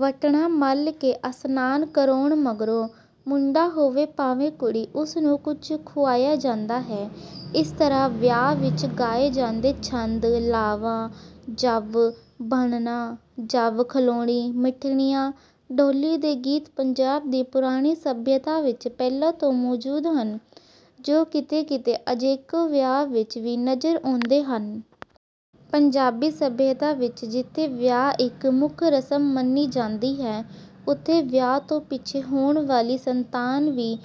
ਵਟਣਾ ਮਲ ਕੇ ਅਸ਼ਨਾਨ ਕਰਾਉਣ ਮਗਰੋਂ, ਮੁੰਡਾ ਹੋਵੇ ਭਾਵੇਂ ਕੁੜੀ, ਉਸ ਨੂੰ ਕੁਝ ਖੁਆਇਆ ਜਾਂਦਾ ਹੈ। ਇਸ ਤਰ੍ਹਾਂ ਵਿਆਹ ਵਿੱਚ ਗਾਏ ਜਾਂਦੇ ਛੰਦ, ਲਾਵਾਂ, ਜੰਞ ਬੰਨ੍ਹਣਾ, ਜੰਞ ਖਲਾਉਣੀ, ਸਿੱਠਣੀਆਂ, ਡੋਲੀ ਦੇ ਗੀਤ ਪੰਜਾਬ ਦੀ ਪੁਰਾਣੀ ਸੱਭਿਅਤਾ ਵਿੱਚ ਪਹਿਲਾਂ ਤੋਂ ਮੌਜੂਦ ਹਨ, ਜੋ ਕਿਤੇ ਕਿਤੇ ਅਜੋਕੇ ਵਿਆਹਾਂ ਵਿੱਚ ਵੀ ਨਜ਼ਰ ਆਉਂਦੇ ਹਨ। ਪੰਜਾਬੀ ਸੱਭਿਅਤਾ ਵਿੱਚ ਜਿੱਥੇ ਵਿਆਹ ਇੱਕ ਮੁੱਖ ਰਸਮ ਮੰਨੀ ਜਾਂਦੀ ਹੈ, ਉੱਥੇ ਵਿਆਹ ਤੋਂ ਪਿੱਛੋਂ ਹੋਣ ਵਾਲੀ ਸੰਤਾਨ ਵੀ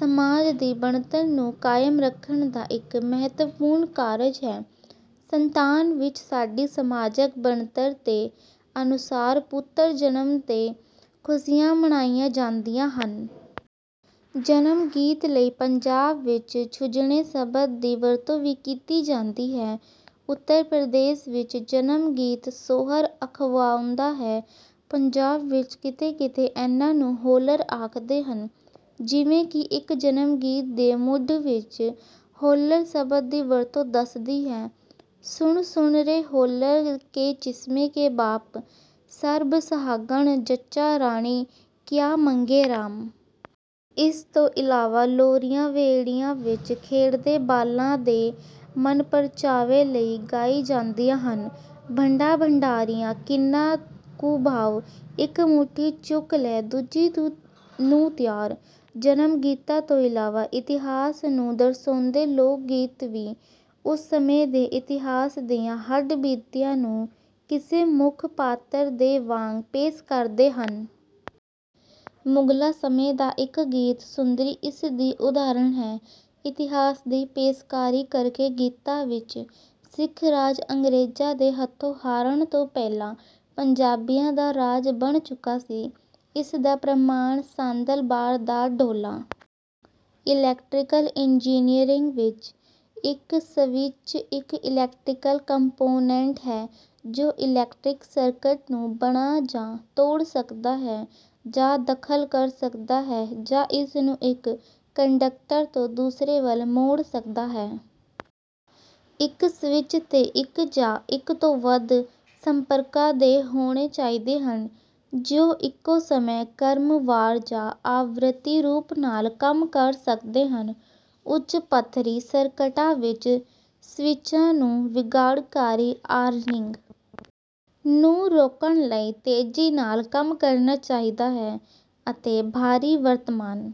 ਸਮਾਜ ਦੀ ਬਣਤਰ ਨੂੰ ਕਾਇਮ ਰੱਖਣ ਦਾ ਇੱਕ ਮਹੱਤਵਪੂਰਨ ਕਾਰਜ ਹੈ। ਸੰਤਾਨ ਵਿੱਚ ਸਾਡੀ ਸਮਾਜਕ ਬਣਤਰ ਦੇ ਅਨੁਸਾਰ ਪੁੱਤਰ ਜਨਮ ਤੇ ਖੁਸ਼ੀਆਂ ਮਨਾਈਆਂ ਜਾਂਦੀਆਂ ਹਨ। ਜਨਮ ਗੀਤ ਲਈ ਪੰਜਾਬ ਵਿੱਚ 'ਝੁੰਜਣੇ' ਸ਼ਬਦ ਦੀ ਵਰਤੋਂ ਵੀ ਕੀਤੀ ਜਾਂਦੀ ਹੈ। ਉੱਤਰ ਪ੍ਰਦੇਸ਼ ਵਿੱਚ ਜਨਮ ਗੀਤ 'ਸੋਹਰ' ਅਖਵਾਉਂਦਾ ਹੈ। ਪੰਜਾਬ ਵਿੱਚ ਕਿਤੇ ਕਿਤੇ ਇਨ੍ਹਾਂ ਨੂੰ 'ਹੋਲਰ' ਆਖਦੇ ਹਨ, ਜਿਵੇਂ ਕਿ ਇੱਕ ਜਨਮ ਗੀਤ ਦੇ ਮੁੱਢ ਵਿੱਚ ਹੋਲਰ ਸ਼ਬਦ ਦੀ ਵਰਤੋਂ ਦੱਸਦੀ ਹੈ: ਸੁਣ ਸੁਣ ਰੇ ਹੋਲਰ ਕੇ ਚਿਮਨੇ ਕੇ ਬਾਪ, ਸਰਬ ਸਹਾਗਣ ਜੱਚਾ ਰਾਣੀ, ਕਿਆ ਮੰਗੇ ਰਾਮ। ਇਸ ਤੋਂ ਇਲਾਵਾ ਲੋਰੀਆਂ ਵਿਹੜਿਆਂ ਵਿੱਚ ਖੇਡਦੇ ਬਾਲਾਂ ਦੇ ਮਨਪਰਚਾਵੇ ਲਈ ਗਾਈ ਜਾਂਦੀਆਂ ਹਨ। ਭੰਡਾ ਭੰਡਾਰੀਆ ਕਿੰਨਾਂ ਕੁ ਭਾਰ, ਇੱਕ ਮੁੱਠੀ ਚੁੱਕ ਲੈ ਦੂਜੀ ਨੂੰ ਤਿਆਰ। ਜਨਮ ਗੀਤਾਂ ਤੋਂ ਇਲਾਵਾ ਇਤਿਹਾਸ ਨੂੰ ਦਰਸਾਉਂਦੇ ਲੋਕ ਗੀਤ ਵੀ ਉਸ ਸਮੇਂ ਦੇ ਇਤਿਹਾਸ ਦੀਆਂ ਹੱਡ ਬੀਤੀਆਂ ਨੂੰ ਕਿਸੇ ਮੁੱਖ ਪਾਤਰ ਦੇ ਵਾਂਗ ਪੇਸ਼ ਕਰਦੇ ਹਨ। ਮੁਗਲਾਂ ਸਮੇਂ ਦਾ ਇੱਕ ਗੀਤ 'ਸੁੰਦਰੀ' ਇਸ ਦੀ ਉਦਾਹਰਨ ਹੈ। ਇਤਿਹਾਸ ਦੀ ਪੇਸ਼ਕਾਰੀ ਕਰਦੇ ਗੀਤਾਂ ਵਿੱਚ ਸਿੱਖ ਰਾਜ ਅੰਗਰੇਜ਼ਾਂ ਦੇ ਹੱਥੋਂ ਹਾਰਨ ਤੋਂ ਪਹਿਲਾਂ ਪੰਜਾਬੀਆਂ ਦਾ ਰਾਜ ਬਣ ਚੁੱਕਾ ਸੀ। ਇਸ ਦਾ ਪ੍ਰਮਾਣ ਸਾਂਦਲ ਬਾਰ ਦਾ ਢੋਲਾ। ਇਲੈਕਟ੍ਰੀਕਲ ਇੰਜੀਨੀਅਰਿੰਗ ਵਿੱਚ, ਇੱਕ ਸਵਿੱਚ ਇੱਕ ਇਲੈਕਟ੍ਰੀਕਲ ਕੰਪੋਨੈਂਟ ਹੈ ਜੋ ਇਲੈਕਟ੍ਰਿਕ ਸਰਕਟ ਨੂੰ "ਬਣਾ" ਜਾਂ "ਤੋੜ" ਸਕਦਾ ਹੈ, ਜਾਂ ਦਖਲ ਕਰ ਸਕਦਾ ਹੈ ਜਾਂ ਇਸ ਨੂੰ ਇੱਕ ਕੰਡਕਟਰ ਤੋਂ ਦੂਸਰੇ ਵੱਲ ਮੋੜ ਸਕਦਾ ਹੈ। ਇੱਕ ਸਵਿੱਚ ਤੇ ਇੱਕ ਜਾਂ ਇੱਕ ਤੋਂ ਵੱਧ ਸੰਪਰਕਾਂ ਦੇ ਹੋਣੇ ਚਾਹੀਦੇ ਹਨ, ਜੋ ਇੱਕੋ ਸਮੇਂ, ਕ੍ਰਮਵਾਰ ਜਾਂ ਆਵਰਤੀ ਰੂਪ ਨਾਲ ਕੰਮ ਕਰ ਸਕਦੇ ਹਨ। ਉੱਚ ਪੱਧਰੀ ਸਰਕਟਾਂ ਵਿੱਚ ਸਵਿੱਚਾਂ ਨੂੰ ਵਿਗਾੜਕਾਰੀ ਆਰਕਿੰਗ ਨੂੰ ਰੋਕਣ ਲਈ ਤੇਜ਼ੀ ਨਾਲ ਕੰਮ ਕਰਨਾ ਚਾਹੀਦਾ ਹੈ, ਅਤੇ ਭਾਰੀ ਵਰਤਮਾਨ